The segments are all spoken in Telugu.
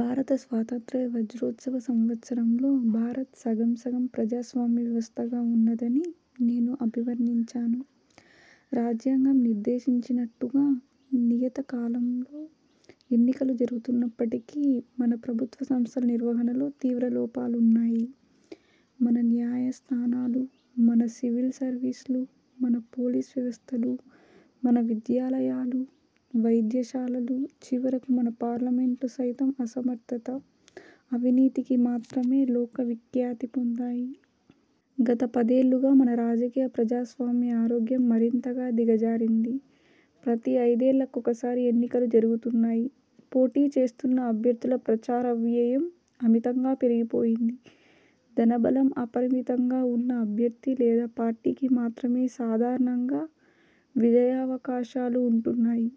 భారత స్వాతంత్ర్య వజ్రోత్సవ సంవత్సరం లో భారత్ 'సగం–సగం' ప్రజాస్వామ్య వ్యవస్థగా వున్నదని నేను అభివర్ణించాను. రాజ్యాంగం నిర్దేశించినట్టుగా నియతకాలంలో ఎన్నికలు జరుగుతున్నప్పటికీ మన ప్రభుత్వ సంస్థల నిర్వహణలో తీవ్ర లోపాలున్నాయి. మన న్యాయస్థానాలు, మన సివిల్ సర్వీస్లు, మన పోలీసు వ్యవస్థలూ, మన విద్యాలయాలూ వైద్యశాలలూ, చివరకు మన పార్లమెంటు సైతం అసమర్థత, అవినీతికి మాత్రమే లోక విఖ్యాతి పొందాయి. గత పదేళ్ళుగా మన రాజకీయ ప్రజాస్వామ్య ఆరోగ్యం మరింతగా దిగజారింది. ప్రతి ఐదేళ్ళకొకసారి ఎన్నికలు జరుగుతున్నాయి. పోటీచేస్తున్న అభ్యర్థుల ప్రచారవ్యయం అమితంగా పెరిగిపోయింది. ధన బలం అపరిమితంగా ఉన్న అభ్యర్థి లేదా పార్టీకి మాత్రమే సాధారణంగా విజయావకాశాలు వుంటున్నాయి.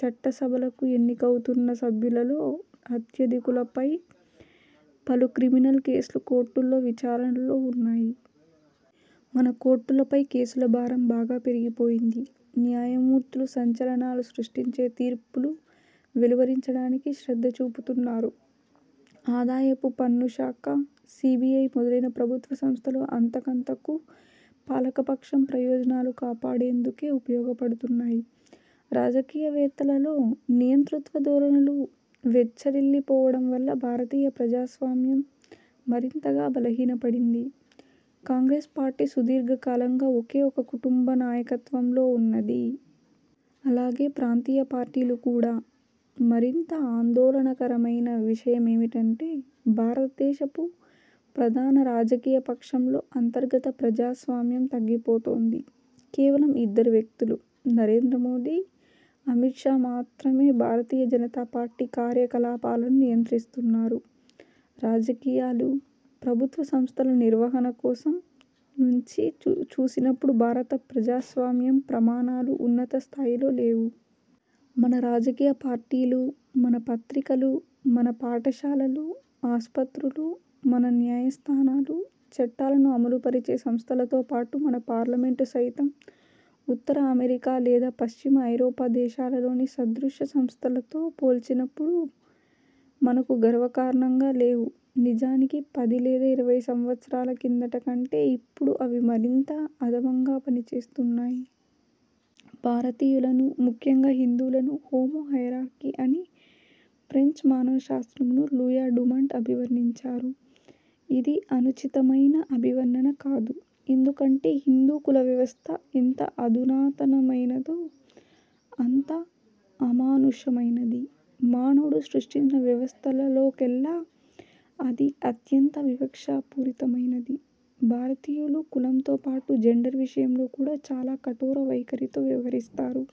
చట్టసభలకు ఎన్నికవుతున్న సభ్యులలో అత్యధికులపై పలు క్రిమినల్ కేసులు కోర్టుల్లో విచారణలో వున్నాయి. మన కోర్టులపై కేసులభారం బాగా పెరిగిపోయింది. న్యాయమూర్తులు సంచలనాలు సృష్టించే తీర్పులు వెలువరించడానికి శ్రద్ధచూపుతున్నారు. ఆదాయపు పన్ను శాఖ, సీబీఐ మొదలైన ప్రభుత్వసంస్థలు అంతకంతకూ పాలక పక్షం ప్రయోజనాలు కాపాడేందుకే ఉపయోగపడుతున్నాయి. రాజకీయవేత్తలలో నియంతృత్వ ధోరణులు వెక్చ్చరిల్లిపోవడం వల్ల భారతీయ ప్రజాస్వామ్యం। మరింతగా బలహీనపడింది. కాంగ్రెస్ పార్టీ సుదీర్ఘకాలంగా ఒకే ఒక కుటుంబ నాయకత్వంలో వున్నది. అలాగే ప్రాంతీయ పార్టీలు కూడా. మరింత ఆందోళనకరమైన విషయమేమిటంటే భారతదేశపు ప్రధాన రాజకీయ పక్షంలో అంతర్గత ప్రజాస్వామ్యం తగ్గిపోతోంది. కేవలం ఇద్దరు వ్యక్తులు– నరేంద్ర మోదీ, అమిత్ షా– మాత్రమే భారతీయ జనతా పార్టీ కార్యకలాపాలను నియంత్రిస్తున్నారు. రాజకీయాలు, ప్రభుత్వ సంస్థల నిర్వహణ కోణం నుంచి చూసినప్పుడు భారత ప్రజాస్వామ్యం ప్రమాణాలు ఉన్నతస్థాయిలో లేవు. మన రాజకీయ పార్టీలు, మన పత్రికలు, మన పాఠశాలలు, ఆస్పత్రులు, మన న్యాయస్థానాలు, చట్టాలను అమలుపరిచే సంస్థలతో పాటు మన పార్లమెంటు సైతం, ఉత్తర అమెరికా లేదా పశ్చిమ ఐరోపా దేశాలలోని సదృశ సంస్థలతో పోల్చినప్పుడు, మనకు గర్వకారణంగా లేవు. నిజానికి పది లేదా ఇరవై సంవత్పరాల కిందట కంటే ఇప్పుడు అవి మరింత అధమంగా పనిచేస్తున్నాయి. భారతీయులను, ముఖ్యంగా హిందువులను 'హోమో హయరార్కీ' అని ఫ్రెంచ్ మానవ శాస్త్రజ్ఞుడు లూయీ డుమాంట్ అభివర్ణించారు. ఇది అనుచితమైన అభివర్ణన కాదు. ఎందుకంటే హిందూ కులవ్యవస్థ ఎంత అధునాతనమైనదో అంత అమానుషమైనది. మానవుడు సృష్టించిన వ్యవస్థలలోకెల్లా అది అత్యంత వివక్షా పూరితమైనది. భారతీయులు కులంతో పాటు జెండర్ విషయంలో కూడా చాలా కఠోర వైఖరితో వ్యవహరిస్తారు.